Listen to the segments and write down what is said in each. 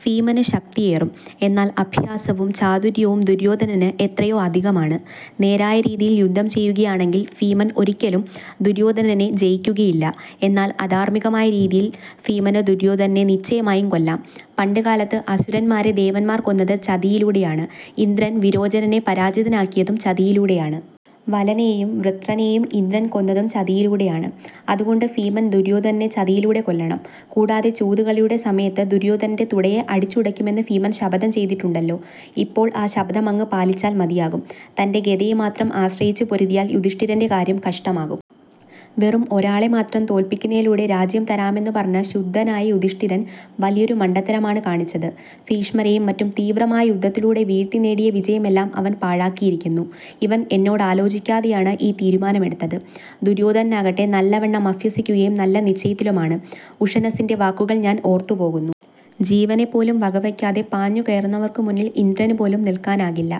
ഭീമന് ശക്തിയേറും. എന്നാൽ അഭ്യാസവും ചാതുര്യവും ദുര്യോധനന് എത്രയോ അധികമാണ്. നേരായ രീതിയിൽ യുദ്ധം ചെയ്യുകയാണെങ്കിൽ ഭീമൻ ഒരിക്കലും ദുര്യോധനനെ ജയിക്കുകയില്ല. എന്നാൽ അധാർമ്മികമായ രീതിയിൽ ഭീമന് ദുര്യോധനനെ നിശ്ചയമായും കൊല്ലാം. പണ്ട് കാലത്തു അസുരന്മാരെ ദേവന്മാർ കൊന്നത് ചതിവിലൂടെയാണ്. ഇന്ദ്രൻ വിരോചനനെ പരാജിതനാക്കിയതും ചതിയിലൂടെയാണ്. വലനെയും വൃത്രനേയും ഇന്ദ്രൻ കൊന്നതും ചതിയിലൂടെയാണ്. അതുകൊണ്ടു ഭീമൻ ദുര്യോധനനെ ചതിയിലൂടെ കൊല്ലണം. കൂടാതെ ചൂതുകളിയുടെ സമയത്തു ദുര്യോധനന്റെ തുടയെ അടിച്ചുടയ്ക്കുമെന്നു ഭീമൻ ശപഥം ചെയ്തിട്ടുണ്ടല്ലോ. ഇപ്പോൾ ആ ശപഥം അങ്ങ് പാലിച്ചാൽ മതിയാകും. തന്റെ ഗദയെ മാത്രം ആശ്രയിച്ചു പൊരുതിയാൽ യുധിഷ്ഠിരന്റെ കാര്യം കഷ്ടമാകും. വെറും ഒരാളെ മാത്രം തോല്പിക്കുന്നതിലൂടെ രാജ്യം തരാമെന്നു പറഞ്ഞ ശുദ്ധനായ യുധിഷ്ഠിരൻ വലിയൊരു മണ്ടത്തരമാണ് കാണിച്ചത്. ഭീഷ്മരെയും മറ്റും തീവ്രമായ യുദ്ധത്തിലൂടെ വീഴ്ത്തി നേടിയ വിജയമെല്ലാം അവൻ പാഴാക്കിയിരിക്കുന്നു. ഇവൻ എന്നോടാലോചിക്കാതെയാണ് ഈ തീരുമാനമെടുത്തത്. ദുര്യോധനനാകട്ടെ നല്ലവണ്ണം അഭ്യസിക്കുകയും നല്ല നിശ്ചയത്തിലുമാണ്. ഉഷനസ്സിന്റെ വാക്കുകൾ ഞാൻ ഓർത്തുപോകുന്നു. ജീവനെപ്പോലും വകവയ്ക്കാതെ പാഞ്ഞു കയറുന്നവർക്കുമുന്നിൽ ഇന്ദ്രനുപോലും നിൽക്കാനാകില്ല.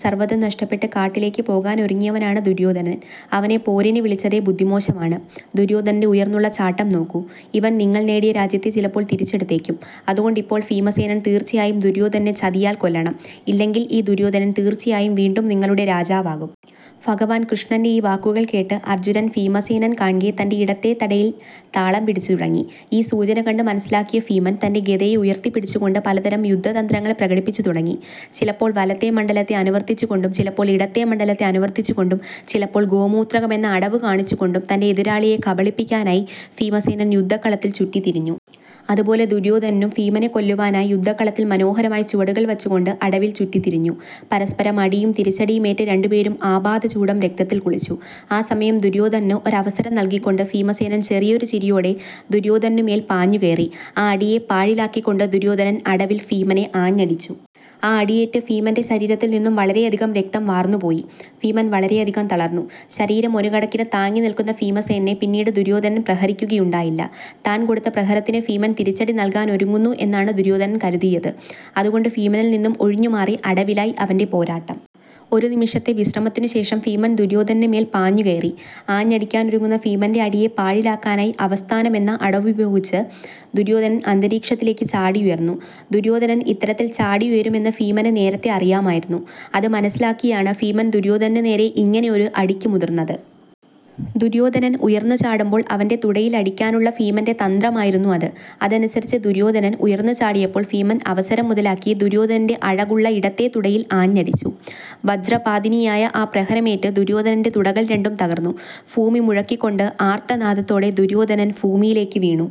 സർവ്വതും നഷ്ടപ്പെട്ടു കാട്ടിലേക്ക് പോകാനൊരുങ്ങിയവനാണ് ദുര്യോധനൻ. അവനെ പോരിന് വിളിച്ചതേ ബുദ്ധിമോശമാണ്. ദുര്യോധനന്റെ ഉയർന്നുള്ള ചാട്ടം നോക്കൂ. ഇവൻ നിങ്ങൾ നേടിയ രാജ്യത്തെ ചിലപ്പോൾ തിരിച്ചെടുത്തേക്കും. അതുകൊണ്ടു ഇപ്പോൾ ഭീമസേനൻ തീർച്ചയായും ദുര്യോധനനെ ചതിയാൽ കൊല്ലണം. ഇല്ലെങ്കിൽ ഈ ദുര്യോധനൻ തീർച്ചയായും വീണ്ടും നിങ്ങളുടെ രാജാവാകും. " ഭഗവാൻ കൃഷ്ണന്റെ ഈ വാക്കുകൾ കേട്ട് അർജ്ജുനൻ ഭീമസേനൻ കാണ്കെ തന്റെ ഇടത്തെ തുടയിൽ താളം പിടിച്ചു തുടങ്ങി. ഈ സൂചന കണ്ടു മനസ്സിലാക്കിയ ഭീമൻ തന്റെ ഗദയെ ഉയർത്തിപ്പിടിച്ചുകൊണ്ടു പലതരം യുദ്ധതന്ത്രങ്ങൾ പ്രകടിപ്പിച്ചു തുടങ്ങി. ചിലപ്പോൾ വലത്തെ മണ്ഡലത്തെ അനുവർത്തിച്ചുകൊണ്ടും ചിലപ്പോൾ ഇടത്തെ മണ്ഡലത്തെ അനുവർത്തിച്ചുകൊണ്ടും ചിലപ്പോൾ ഗോമൂത്രകം എന്ന അടവ് കാണിച്ചുകൊണ്ടും തന്റെ എതിരാളിയെ കബളിപ്പിക്കാനായി ഭീമസേനൻ യുദ്ധക്കളത്തിൽ ചുറ്റിത്തിരിഞ്ഞു. അതുപോലെ ദുര്യോധനനും ഭീമനെ കൊല്ലുവാനായി യുദ്ധക്കളത്തിൽ മനോഹരമായി ചുവടുകൾ വച്ചുകൊണ്ടു അടവിൽ ചുറ്റിത്തിരിഞ്ഞു. പരസ്പരം അടിയും തിരിച്ചടിയുമേറ്റു രണ്ടുപേരും ആപാദചൂഡം രക്തത്തിൽ കുളിച്ചു. ആ സമയം ദുര്യോധനന് ഒരു അവസരം നല്കിക്കൊണ്ട് ഭീമസേനൻ ചെറിയൊരു ചിരിയോടെ ദുര്യോധനാനുമേൽ പാഞ്ഞു കയറി. ആ അടിയെ പാഴിലാക്കിക്കൊണ്ടു ദുര്യോധനൻ അടവിൽ ഭീമനെ ആഞ്ഞടിച്ചു. ആ അടിയേറ്റ് ഭീമന്റെ ശരീരത്തിൽ നിന്നും വളരെയധികം രക്തം വാർന്നു പോയി. ഭീമൻ വളരെയധികം തളർന്നു. ശരീരം ഒരു കണക്കിന് താങ്ങി നിൽക്കുന്ന ഭീമസേനനെ പിന്നീട് ദുര്യോധനൻ പ്രഹരിക്കുകയുണ്ടായില്ല. താൻ കൊടുത്ത പ്രഹരത്തിനു ഭീമൻ തിരിച്ചടി നൽകാനൊരുങ്ങുന്നു എന്നാണു ദുര്യോധനൻ കരുതിയത്. അതുകൊണ്ടു ഭീമനിൽ നിന്നും ഒഴിഞ്ഞു മാറി അടവിലായി അവന്റെ പോരാട്ടം. ഒരു നിമിഷത്തെ വിശ്രമത്തിനു ശേഷം ഭീമൻ ദുര്യോധനന് മേൽ പാഞ്ഞു കയറി. ആഞ്ഞടിക്കാനൊരുങ്ങുന്ന ഭീമന്റെ അടിയെ പാഴിലാക്കാനായി അവസ്ഥാനം എന്ന അടവുപയോഗിച്ചു ദുര്യോധനൻ അന്തരീക്ഷത്തിലേക്ക് ചാടിയുയർന്നു. ദുര്യോധനൻ ഇത്തരത്തിൽ ചാടിയുയരുമെന്നു ഭീമന് നേരത്തെ അറിയാമായിരുന്നു. അത് മനസ്സിലാക്കിയാണ് ഭീമൻ ദുര്യോധനന് നേരെ ഇങ്ങനെയൊരു അടിക്കു മുതിർന്നത്. ദുര്യോധനൻ ഉയർന്നു ചാടുമ്പോൾ അവന്റെ തുടയിലടിക്കാനുള്ള ഭീമന്റെ തന്ത്രമായിരുന്നു അത്. അതനുസരിച്ചു ദുര്യോധനൻ ഉയർന്നു ചാടിയപ്പോൾ ഭീമൻ അവസരം മുതലാക്കി ദുര്യോധനന്റെ അഴകുള്ള ഇടത്തെ തുടയിൽ ആഞ്ഞടിച്ചു. വജ്രപാതിനിയായ ആ പ്രഹരമേറ്റു ദുര്യോധനന്റെ തുടകൾ രണ്ടും തകർന്നു. ഭൂമി മുഴക്കിക്കൊണ്ട് ആർത്തനാദത്തോടെ ദുര്യോധനൻ ഭൂമിയിലേക്ക് വീണു.